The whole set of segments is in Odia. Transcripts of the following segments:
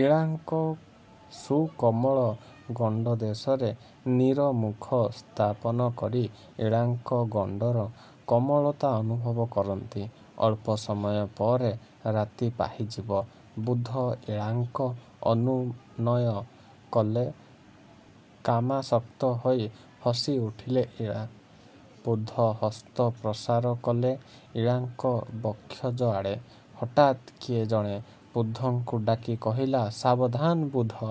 ଇଳାଙ୍କ ସୁକୋମଳ ଗଣ୍ଡଦେଶରେ ନିର ମୁଖ ସ୍ଥାପନ କରି ଇଳାଙ୍କ ଗଣ୍ଡର କୋମଳତା ଅନୁଭବ କରନ୍ତି। ଅଳ୍ପ ସମୟ ପରେ ରାତି ପାହିଯିବ। ବୁଧ ଇଳାଙ୍କ ଅନୁନୟ କଲେ କାମାଶକ୍ତ ହୋଇ ହସିଉଠିଲେ ଇଳା। ବୁଧ ହସ୍ତ ପ୍ରସାର କଲେ ଇଳାଙ୍କ ବକ୍ଷୋଜ ଆଡ଼େ। ହଠାତ୍ କିଏ ଜଣେ ବୁଧଙ୍କୁ ଡାକି କହିଲା, ସାବଧାନ ବୁଧ!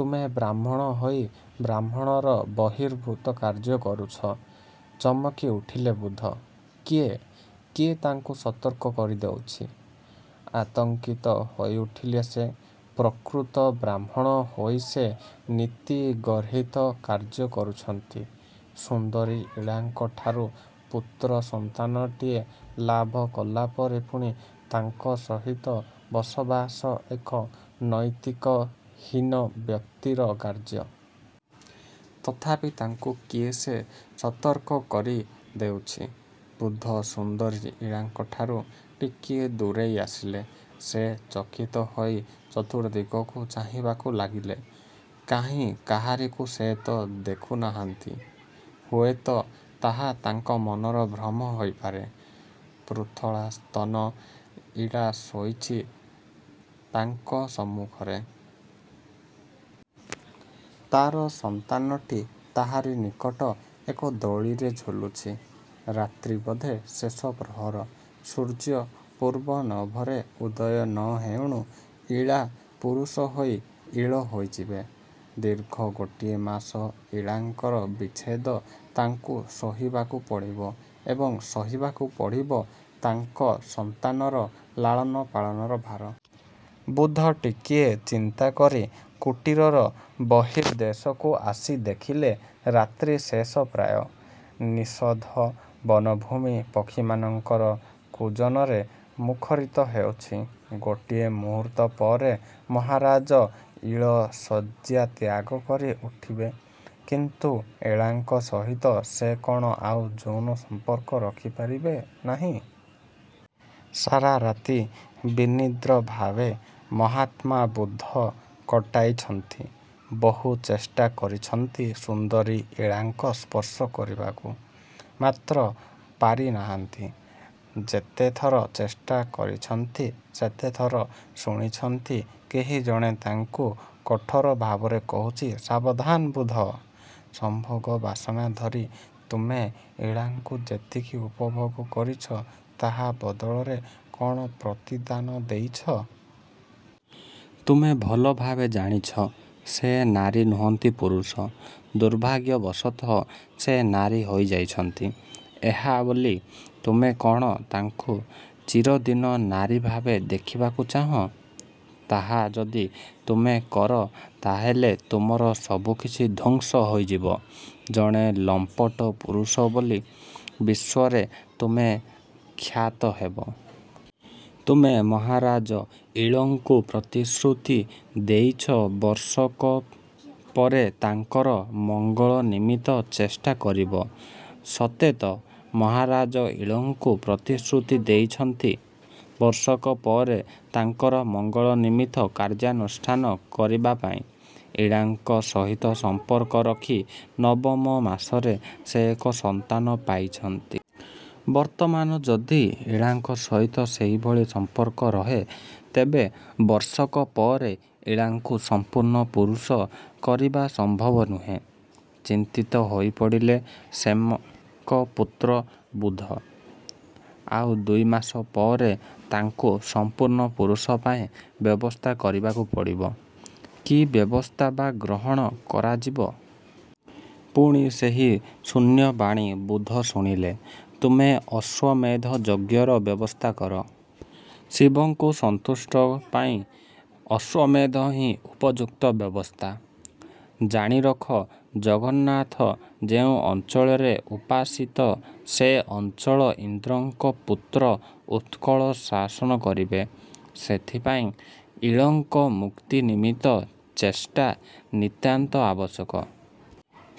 ତୁମେ ବ୍ରାହ୍ମଣ ହୋଇ ବ୍ରାହ୍ମଣର ବହିର୍ଭୂତ କାର୍ଯ୍ୟ କରୁଛ। ଚମକି ଉଠିଲେ ବୁଧ। କିଏ? କିଏ ତାଙ୍କୁ ସତର୍କ କରିଦେଉଛି? ଆତଙ୍କିତ ହୋଇଉଠିଲେ ସେ। ପ୍ରକୃତ ବ୍ରାହ୍ମଣ ହୋଇ ସେ ନୀତି ଗର୍ହିତ କାର୍ଯ୍ୟ କରୁଛନ୍ତି। ସୁନ୍ଦରୀ ଇଳାଙ୍କଠାରୁ ପୁତ୍ର ସନ୍ତାନଟିଏ ଲାଭ କଲାପରେ ପୁଣି ତାଙ୍କ ସହିତ ବସବାସ ଏକ ନୈତିକହୀନ ବ୍ୟକ୍ତିର କାର୍ଯ୍ୟ। ତଥାପି ତାଙ୍କୁ କିଏ ସେ ସତର୍କ କରି ଦେଉଛି? ବୁଧ ସୁନ୍ଦରୀ ଇଳାଙ୍କଠାରୁ ଟିକିଏ ଦୂରେଇ ଆସିଲେ। ସେ ଚକିତ ହୋଇ ଚତୁର୍ଦ୍ଦିଗକୁ ଚାହିଁବାକୁ ଲାଗିଲେ—କାହିଁ, କାହାରିକୁ ସେ ତ ଦେଖୁନାହାନ୍ତି। ହୁଏତ। ତାହା ତାଙ୍କ ମନର ଭ୍ରମ ହୋଇପାରେ। ପୃଥୁଳା ସ୍ତନ ଇଳା ଶୋଇଛି ତାଙ୍କ ସମ୍ମୁଖରେ। ତାର ସନ୍ତାନଟି ତାହାରି ନିକଟ ଏକ ଦୋଳିରେ ଝୁଲୁଛି। ରାତ୍ରି ବୋଧେ ଶେଷ ପ୍ରହର। ସୂର୍ଯ୍ୟ ପୂର୍ବନଭରେ ଉଦୟ ନ ହେଉଣୁ ଇଳା ପୁରୁଷ ହୋଇ ଇଳ ହୋଇଯିବେ। ଦୀର୍ଘ ଗୋଟିଏ ମାସ ଇଳାଙ୍କର ବିଚ୍ଛେଦ ତାଙ୍କୁ ସହିବାକୁ ପଡ଼ିବ ଏବଂ ସହିବାକୁ ପଡ଼ିବ ତାଙ୍କ ସନ୍ତାନର ଲାଳନପାଳନ ଭାର। ବୁଧ ଟିକିଏ ଚିନ୍ତାକରି କୁଟୀରର ବର୍ହିଦେଶକୁ ଆସି ଦେଖିଲେ ରାତ୍ରି ଶେଷ ପ୍ରାୟ। ନିଶବ୍ଦ ବନଭୂମି ପକ୍ଷୀମାନଙ୍କ କୂଜନରେ ମୁଖରିତ ହେଉଛି। ଗୋଟିଏ ମୁହୂର୍ତ୍ତପରେ ମହାରାଜ ଇଳ ଶଯ୍ୟା ତ୍ୟାଗକରି ଉଠିବେ। କିନ୍ତୁ ଇଳାଙ୍କ ସହିତ ସେ କଣ ଆଉ ଯୌନ ସମ୍ପର୍କ ରଖିପାରିବେ ନାହିଁ। ସାରା ରାତି ବିନିଦ୍ରଭାବେ ମହାତ୍ମା ବୁଧ କଟାଇଛନ୍ତି। ବହୁ ଚେଷ୍ଟା କରିଛନ୍ତି ସୁନ୍ଦରୀ ଇଳାଙ୍କ ସ୍ପର୍ଶ କରିବାକୁ। ମାତ୍ର ପାରିନାହାନ୍ତି। ଯେତେଥର ଚେଷ୍ଟା କରିଛନ୍ତି ସେତେଥର ଶୁଣିଛନ୍ତି କେହି ଜଣେ ତାଙ୍କୁ କଠୋର ଭାବରେ କହୁଛି, ସାବଧାନ ବୁଧ! ସମ୍ଭୋଗ ବାସନା ଧରି ତୁମେ ଇଳାଙ୍କୁ ଯେତିକି ଉପଭୋଗ କରିଛ ତା ବଦଳରେ କଣ ପ୍ରତିଦାନ ଦେଇଛ। ତୁମେ ଭଲ ଭାବେ ଜାଣିଛ ସେ ନାରୀ ନୁହନ୍ତି ପୁରୁଷ। ଦୁର୍ଭାଗ୍ୟବଶତଃ ସେ ନାରୀ ହୋଇଯାଇଛନ୍ତି। ଏହା ବୋଲି ତୁମେ କଣ ତାଙ୍କୁ ଚିରଦିନ ନାରୀଭାବେ ଦେଖିବାକୁ ଚାହଁ! ତାହା ଯଦି ତୁମେ କର ତାହାହେଲେ ତୁମର ସବୁକିଛି ଧ୍ୱଂସ ହୋଇଯିବ। ଜଣେ ଲମ୍ପଟ ପୁରୁଷ ବୋଲି ବିଶ୍ୱରେ ତୁମେ ଖ୍ୟାତ ହେବ। ତୁମେ ମହାରାଜ ଇଳଙ୍କୁ ପ୍ରତିଶ୍ରୁତି ଦେଇଛ ବର୍ଷକ ପରେତାଙ୍କର ମଙ୍ଗଳ ନିମିତ୍ତ ଚେଷ୍ଟା କରିବ। ସତେତ! ମହାରାଜ ଇଳଙ୍କୁ ପ୍ରତିଶ୍ରୁତି ଦେଇଛନ୍ତି ବର୍ଷକ ପରେ ତାଙ୍କର ମଙ୍ଗଳ ନିମିତ୍ତ କାର୍ଯ୍ୟାନୁଷ୍ଠାନ କରିବାପାଇଁ। ଇଳାଙ୍କ ସହିତ ସମ୍ପର୍କ ରଖି ନବମ ମାସରେ ସେ ଏକ ସନ୍ତାନ ପାଇପାରିଛନ୍ତି। ବର୍ତ୍ତମାନ ଯଦି ଇଳାଙ୍କ ସହିତ ସେହିଭଳି ସମ୍ପର୍କ ରହେ ତେବେ ବର୍ଷକ ପରେ ଇଳାଙ୍କୁ ସମ୍ପୂର୍ଣ୍ଣ ପୁରୁଷ କରିବା ସମ୍ଭବ ନୁହେଁ। ଚିନ୍ତିତ ହୋଇପଡ଼ିଲେ ସୋମଙ୍କ ପୁତ୍ର ବୁଧ। ଆଉ ଦୁଇ ମାସ ପରେ ତାଙ୍କୁ ସଂପୂର୍ଣ୍ଣ ପୁରୁଷ ପାଇଁ ବ୍ୟବସ୍ଥା କରିବାକୁ ପଡ଼ିବ। କି ବ୍ୟବସ୍ଥା ବା ଗ୍ରହଣ କରାଯିବ! ପୁଣି ସେହି ଶୂନ୍ୟବାଣୀ ବୁଧ ଶୁଣିଲେ। ତୁମେ ଅଶ୍ୱମେଧ ଯଜ୍ଞର ବ୍ୟବସ୍ଥା କର। ଶିବଙ୍କୁ ସନ୍ତୁଷ୍ଟ ପାଇଁ ଅଶ୍ୱମେଧ ହିଁ ଉପଯୁକ୍ତ ବ୍ୟବସ୍ଥା। ଜାଣିରଖ ଶ୍ରୀଜଗନ୍ନାଥ ଯେଉଁ ଅଞ୍ଚଳରେ ଉପାସିତ ସେ ଅଞ୍ଚଳ ଇନ୍ଦ୍ରଙ୍କ ପୁତ୍ର ଉତ୍କଳ ଶାସନ କରିବେ। ସେଥିପାଇଁ ଇଳଙ୍କ ମୁକ୍ତି ନିମିତ୍ତ ଚେଷ୍ଟା ନିତାନ୍ତ ଆବଶ୍ୟକ।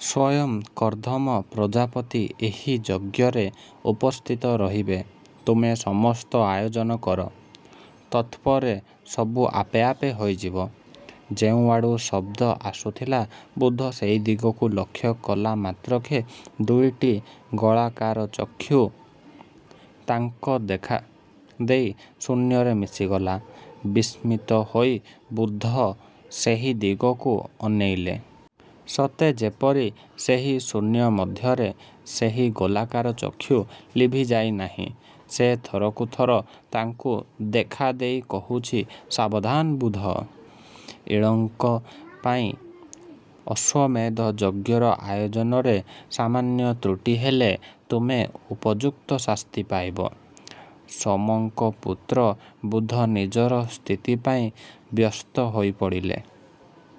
ସ୍ୱୟଂ କର୍ଦ୍ଦମ ପ୍ରଜାପତି ଏହି ଯଜ୍ଞରେ ଉପସ୍ଥିତ ରହିବେ। ତୁମେ ସମସ୍ତ ଆୟୋଜନ କର। ତତ୍ପରେ ସବୁ ଆପେ ଆପେ ହୋଇଯିବ। ଯେଉଁଆଡ଼ୁ ଶବ୍ଦ ଆସୁଥିଲା ବୁଧ ସେହି ଦିଗକୁ ଲକ୍ଷ୍ୟ କଲା ମାତ୍ରକେ ଦୁଇଟି ଗୋଲାକାର ଚକ୍ଷୁ ତାଙ୍କ ଦେଖାଦେଇ ଶୂନ୍ୟରେ ମିଶିଗଲା। ବିସ୍ମିତ ହୋଇ ବୁଧ ସେହିଦିଗକୁ ଅନାଇଲେ। ସତେ ଯେପରି ସେହି ଶୂନ୍ୟ ମଧ୍ୟରେ ସେହି ଗୋଲାକାର ଚକ୍ଷୁ ଲିଭିଯାଇ ନାହିଁ। ସେ ଥରକୁ ଥର ତାଙ୍କୁ ଦେଖାଦେଇ କହୁଛି ସାବଧାନ ବୁଧ! ଇଳଙ୍କ ପାଇଁ ଅଶ୍ୱମେଧ ଯଜ୍ଞର ଆୟୋଜନରେ ସାମାନ୍ୟ ତୃଟି ହେଲେ ତୁମେ ଉପଯୁକ୍ତ ଶାସ୍ତି ପାଇବ। ସୋମଙ୍କ ପୁତ୍ର ବୁଧ ନିଜର ସ୍ଥିତିପାଇଁ ବ୍ୟସ୍ତ ହୋଇ ପଡ଼ିଲେ।